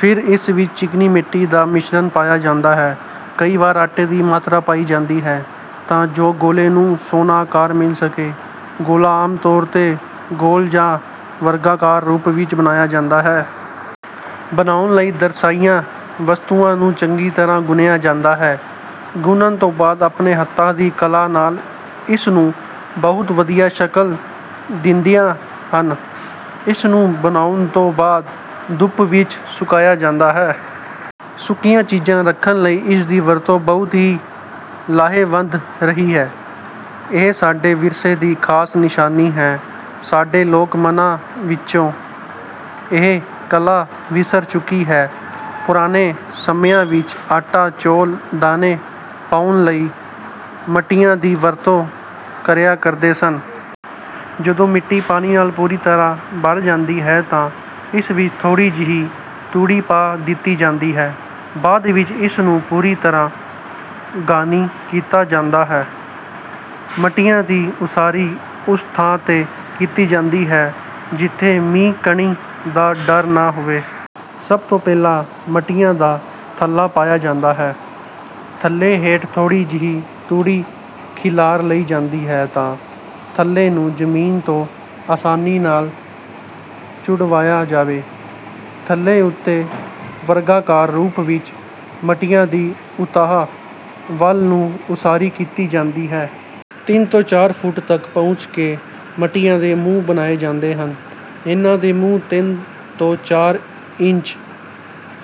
ਫਿਰ ਇਸ ਵਿੱਚ ਚੀਕਣੀ ਮਿੱਟੀ ਦਾ ਮਿਸ਼ਰਣ ਪਾਇਆ ਜਾਂਦਾ ਹੈ। ਕਈ ਵਾਰ ਆਟੇ ਦੀ ਮਾਤਰਾ ਪਾਈ ਜਾਂਦੀ ਹੈ ਤਾਂ ਜੋ ਗੋਲੇ ਨੂੰ ਸੋਹਣਾ ਆਕਾਰ ਮਿਲ ਸਕੇ। ਗੋਲਾ ਆਮ ਤੌਰ ਤੇ ਗੋਲ ਜਾਂ ਵਰਗਾਕਾਰ ਰੂਪ ਵਿੱਚ ਬਣਾਇਆ ਜਾਂਦਾ ਹੈ। ਬਣਾਉਣ ਲਈ ਦਰਸਾਈਆਂ ਵਸਤੂਆਂ ਨੂੰ ਚੰਗੀ ਤਰ੍ਹਾਂ ਗੁੰਨਿਆ ਜਾਂਦਾ ਹੈ। ਗੁੰਨਣ ਤੋਂ ਬਾਅਦ ਆਪਣੇ ਹੱਥਾਂ ਦੀ ਕਲਾ ਨਾਲ ਇਸ ਨੂੰ ਬਹੁਤ ਵਧੀਆ ਸ਼ਕਲ ਦਿੰਦੀਆਂ ਹਨ। ਇਸ ਨੂੰ ਬਣਾਉਣ ਤੋਂ ਬਾਅਦ ਧੁੱਪ ਵਿੱਚ ਸੁਕਾਇਆ ਜਾਂਦਾ ਹੈ। ਸੁੱਕੀਆਂ ਚੀਜ਼ਾਂ ਰੱਖਣ ਲਈ ਇਸ ਦੀ ਵਰਤੋਂ ਬਹੁਤ ਹੀ ਲਾਹੇਵੰਦ ਰਹੀ ਹੈ। ਇਹ ਸਾਡੇ ਵਿਰਸੇ ਦੀ ਖਾਸ ਨਿਸ਼ਾਨੀ ਹੈ। ਸਾਡੇ ਲੋਕ ਮਨਾਂ ਵਿੱਚੋਂ ਇਹ ਕਲਾ ਵਿਸਰ ਚੁੱਕੀ ਹੈ। ਪੁਰਾਣੇ ਸਮਿਆਂ ਵਿੱਚ ਆਟਾ ਚੌਲ ਦਾਣੇ ਪਾਉਣ ਲਈ ਮੱਟੀਆਂ ਦੀ ਵਰਤੋਂ ਕਰਿਆ ਕਰਦੇ ਸਨ। ਜਦੋਂ ਮਿੱਟੀ ਪਾਣੀ ਨਾਲ ਪੂਰੀ ਤਰ੍ਹਾਂ ਭਰ ਜਾਂਦੀ ਹੈ ਤਾਂ ਇਸ ਵਿੱਚ ਥੋੜ੍ਹੀ ਜਿਹੀ ਤੂੜੀ ਪਾ ਦਿੱਤੀ ਜਾਂਦੀ ਹੈ। ਬਾਅਦ ਵਿੱਚ ਇਸ ਨੂੰ ਪੂਰੀ ਤਰ੍ਹਾਂ ਘਾਣੀ ਕੀਤਾ ਜਾਂਦਾ ਹੈ। ਮੱਟੀਆਂ ਦੀ ਉਸਾਰੀ ਉਸ ਥਾਂ ਤੇ ਕੀਤੀ ਜਾਂਦੀ ਹੈ ਜਿੱਥੇ ਮੀਂਹ ਕਣੀ ਦਾ ਡਰ ਨਾ ਹੋਵੇ। ਸਭ ਤੋਂ ਪਹਿਲਾਂ ਮੱਟੀਆਂ ਦਾ ਥੱਲਾ ਪਾਇਆ ਜਾਂਦਾ ਹੈ। ਥੱਲੇ ਹੇਠ ਥੋੜ੍ਹੀ ਜਿਹੀ ਤੂੜੀ ਖਿਲਾਰ ਲਈ ਜਾਂਦੀ ਹੈ ਤਾਂ ਥੱਲੇ ਨੂੰ ਜ਼ਮੀਨ ਤੋਂ ਆਸਾਨੀ ਨਾਲ ਛੁਡਵਾਇਆ ਜਾਵੇ। ਥੱਲੇ ਉੱਤੇ ਵਰਗਾਕਾਰ ਰੂਪ ਵਿੱਚ ਮੱਟੀਆਂ ਦੀ ਉਤਾਂਹ ਵੱਲ ਨੂੰ ਉਸਾਰੀ ਕੀਤੀ ਜਾਂਦੀ ਹੈ। ਤਿੰਨ ਤੋਂ ਚਾਰ ਫੁੱਟ ਤੱਕ ਪਹੁੰਚ ਕੇ ਮੱਟੀਆਂ ਦੇ ਮੂੰਹ ਬਣਾਏ ਜਾਂਦੇ ਹਨ। ਇਨ੍ਹਾਂ ਦੇ ਮੂੰਹ ਤਿੰਨ ਤੋਂ ਚਾਰ ਇੰਚ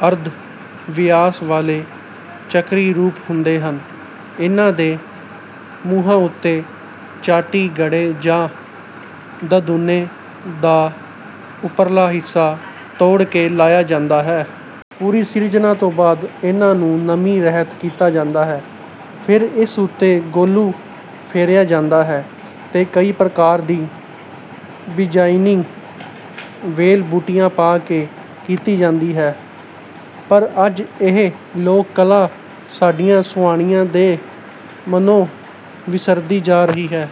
ਅਰਧ ਵਿਆਸ ਵਾਲੇ ਚੱਕਰੀ ਰੂਪ ਹੁੰਦੇ ਹਨ। ਇਨ੍ਹਾਂ ਦੇ ਮੂੰਹਾਂ ਉੱਤੇ ਚਾਟੀ ਘੜੇ ਜਾਂ ਦਧੂਨੇ ਦਾ ਉਪਰਲਾ ਹਿੱਸਾ ਤੋੜ ਕੇ ਲਾਇਆ ਜਾਂਦਾ ਹੈ। ਪੂਰੀ ਸਿਰਜਣਾ ਤੋਂ ਬਾਅਦ ਇਨ੍ਹਾਂ ਨੂੰ ਨਮੀ ਰਹਿਤ ਕੀਤਾ ਜਾਂਦਾ ਹੈ। ਫਿਰ ਇਸ ਉੱਤੇ ਗੋਲੂ ਫੇਰਿਆ ਜਾਂਦਾ ਹੈ ਤੇ ਕਈ ਪ੍ਰਕਾਰ ਦੀ ਡਿਜ਼ਾਇਨਿੰਗ ਵੇਲ ਬੂਟੀਆਂ ਪਾ ਕੇ ਕੀਤੀ ਜਾਂਦੀ ਹੈ। ਪਰ ਅੱਜ ਇਹ ਲੋਕ ਕਲਾ ਸਾਡੀਆਂ ਸੁਆਣੀਆਂ ਦੇ ਮਨੋਂ ਵਿਸਰਦੀ ਜਾ ਰਹੀ ਹੈ।